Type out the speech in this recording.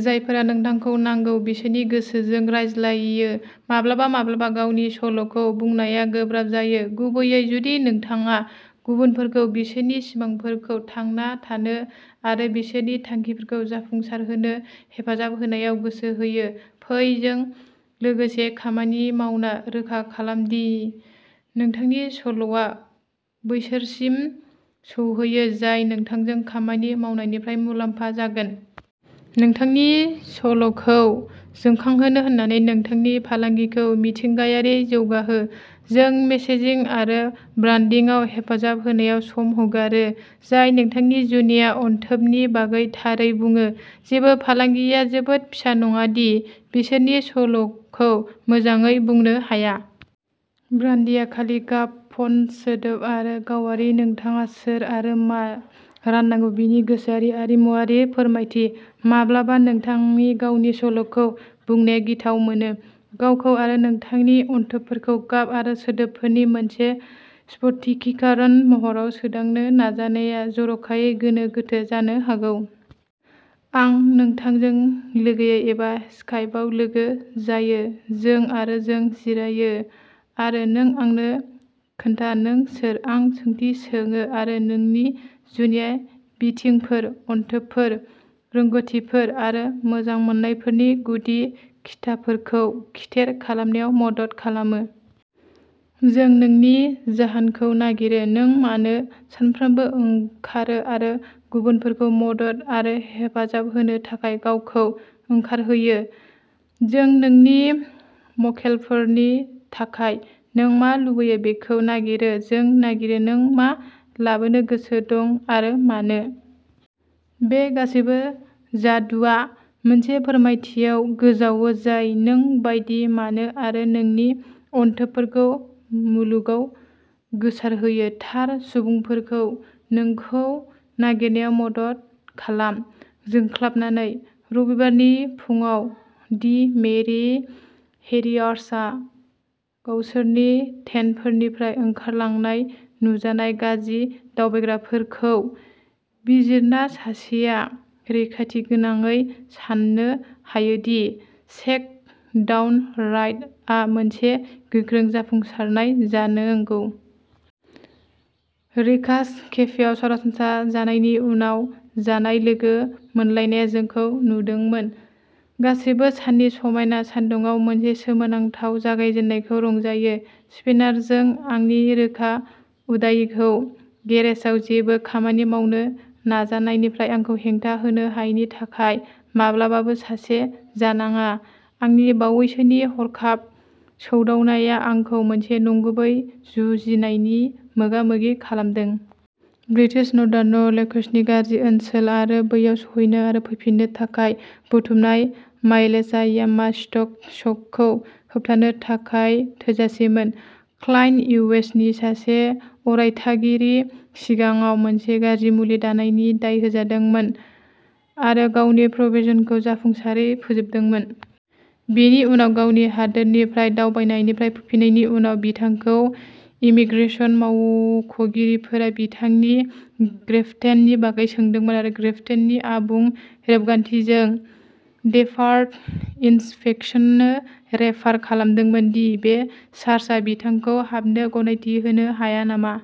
जायफोरा नोंथांखौ नांगौ बिसोरनि गोसोजों रायज्लायो। माब्लाबा माब्लाबा गावनि सल'खौ बुंनाया गोब्राब जायो, गुबैयै जुदि नोंथाङा गुबुनफोरखौ बिसोरनि सिमांफोरखौ थांना थानो आरो बिसोरनि थांखिफोरखौ जाफुंसारहोनो हेफाजाब होनायाव गोसो होयो। फै जों लोगोसेयै खामानि मावना रोखा खालाम दि नोंथांनि सल'आ बैसोरसिम सौहैयो जाय नोंथांजों खामानि मावनायनिफ्राय मुलाम्फा जागोन। नोंथांनि सल'खौ जोंखांहोनो होनानै नोंथांनि फालांगिखौ मिथिंगायारियै जौगाहो। जों मेसेजिं आरो ब्रान्डिंआव हेफाजाब होनायाव सम हगारो जाय नोंथांनि जुनिया अनथोबनि बागै थारै बुङो। जेबो फालांगिया जोबोद फिसा नङा दि बिसोरनि सल'खौ मोजाङै बुंनो हाया। ब्रान्डिंआ खालि गाब, फन्ट, सोदोब आरो सावगारिफोराव, नोंथाङा सोर आरो मा राननांगौ बेनि गोसोआरि आरिमुवारि फोरमायथि। माब्लाबा, नोंथांनि गावनि सल'खौ बुंनाया गिथाव मोनो। गावखौ आरो नोंथांनि अनथोबफोरखौ गाब आरो सोदोबफोरनि मोनसे स्फटिकीकरण महराव सोदांनो नाजानाया जर'खायै गोनो गोथो जानो हागौ। आं नोंथांजों लोगोयै एबा स्काइपआव लोगो जायो। जों आरो जों जिरायो आरो नों आंनो खोन्था नों सोर। आं सोंथि सोङो आरो नोंनि जुनिया बिथिंफोर, अनथोबफोर, रोंग'थिफोर आरो मोजांमोननायफोरनि गुदि खिथाफोरखौ खिथेर खालामनायाव मदद खालामो। जों नोंनि जाहोनखौ नागिरो! नों मानो सानफ्रोमबो ओंखारो आरो गुबुनफोरखौ मदद आरो हेफाजाब होनो थाखाय गावखौ ओंखारहोयो! जों नोंनि मक्केलफोरनि थाखाय नों मा लुबैयो बेखौ नागिरो। जों नागिरो नों मा लाबोनो गोसो दं आरो मानो! बे गासैबो जादुआ मोनसे फोरमायथियाव गोजावो जाय नों बायदि मोनो आरो नोंनि अनथोबफोरखौ मुलुगाव गोसारहोयो। थार सुबुंफोरखौ नोंखौ नागिरनायाव मदद खालाम, जोंख्लाबनानै! रबिबारनि फुंआव दि मेरि हेरियर्सआव गावसोरनि टेन्टनिफ्राय ओंखारलांनाय नुजानाय गाज्रि दावबायग्राफोरखौ बिजिरना सासेया रैखाथिगोनाङै सान्नो हायो दि शेक डाउन राइड आ मोनसे गोख्रों जाफुंसारनाय जानांगौ। रिकास केफेआव सरासनस्रा जानायनि उनाव जानाय लोगो मोनलायनाया जोंखौ नुदोंमोन। गासैबो साननि समायना सानदुंआव मोनसे सोमोनांथाव जागायजेन्नायखौ रंजायो। स्पेनरजों आंनि रोखा उदायैखौ गेरेजाव जेबो खामानि मावनो नाजानायनिफ्राय आंखौ हेंथा होनो हायैनि थाखाय माब्लाबाबो सासे जानाङा, आंनि बावैसोनि हरखाब सौदावनाया आंखौ मोनसे नंगुबै जुजिनायनि मोगामोगि खालामदों। ब्रिटिश नर्दार्न लेकसनि गाज्रि ओनसोल आरो बैयाव सौहैनो आरो फैफिननो थाखाय बुथुमनाय माइलेजआ यामाहा स्टक शकखौ होबथानो थाखाय थोजासेमोन। Client, U. एस. नि सासे अरायथा थागिरि, सिगाङाव मोनसे गाज्रि मुलि थानायनि दाय होजादोंमोन आरो गावनि प्रबेशनखौ जाफुंसारै फोजोबदोंमोन। बेनि उनाव, गावनि न'हादोरनिफ्राय दावबायनायनिफ्राय फैफिन्नायनि उनाव, बिथांखौ इमिग्रेशन मावख'गिरिफोरा बिथांनि ग्रेप्तेननि बागै सोंदोंमोन आरो ग्रेप्तेननि आबुं रेबगान्थिजों डेफार्ड इन्सपेक्शननो रेफार खालामदोंमोन दि बे चार्जआ बिथांखौ हाबनो गनायथि होनो हाया नामा।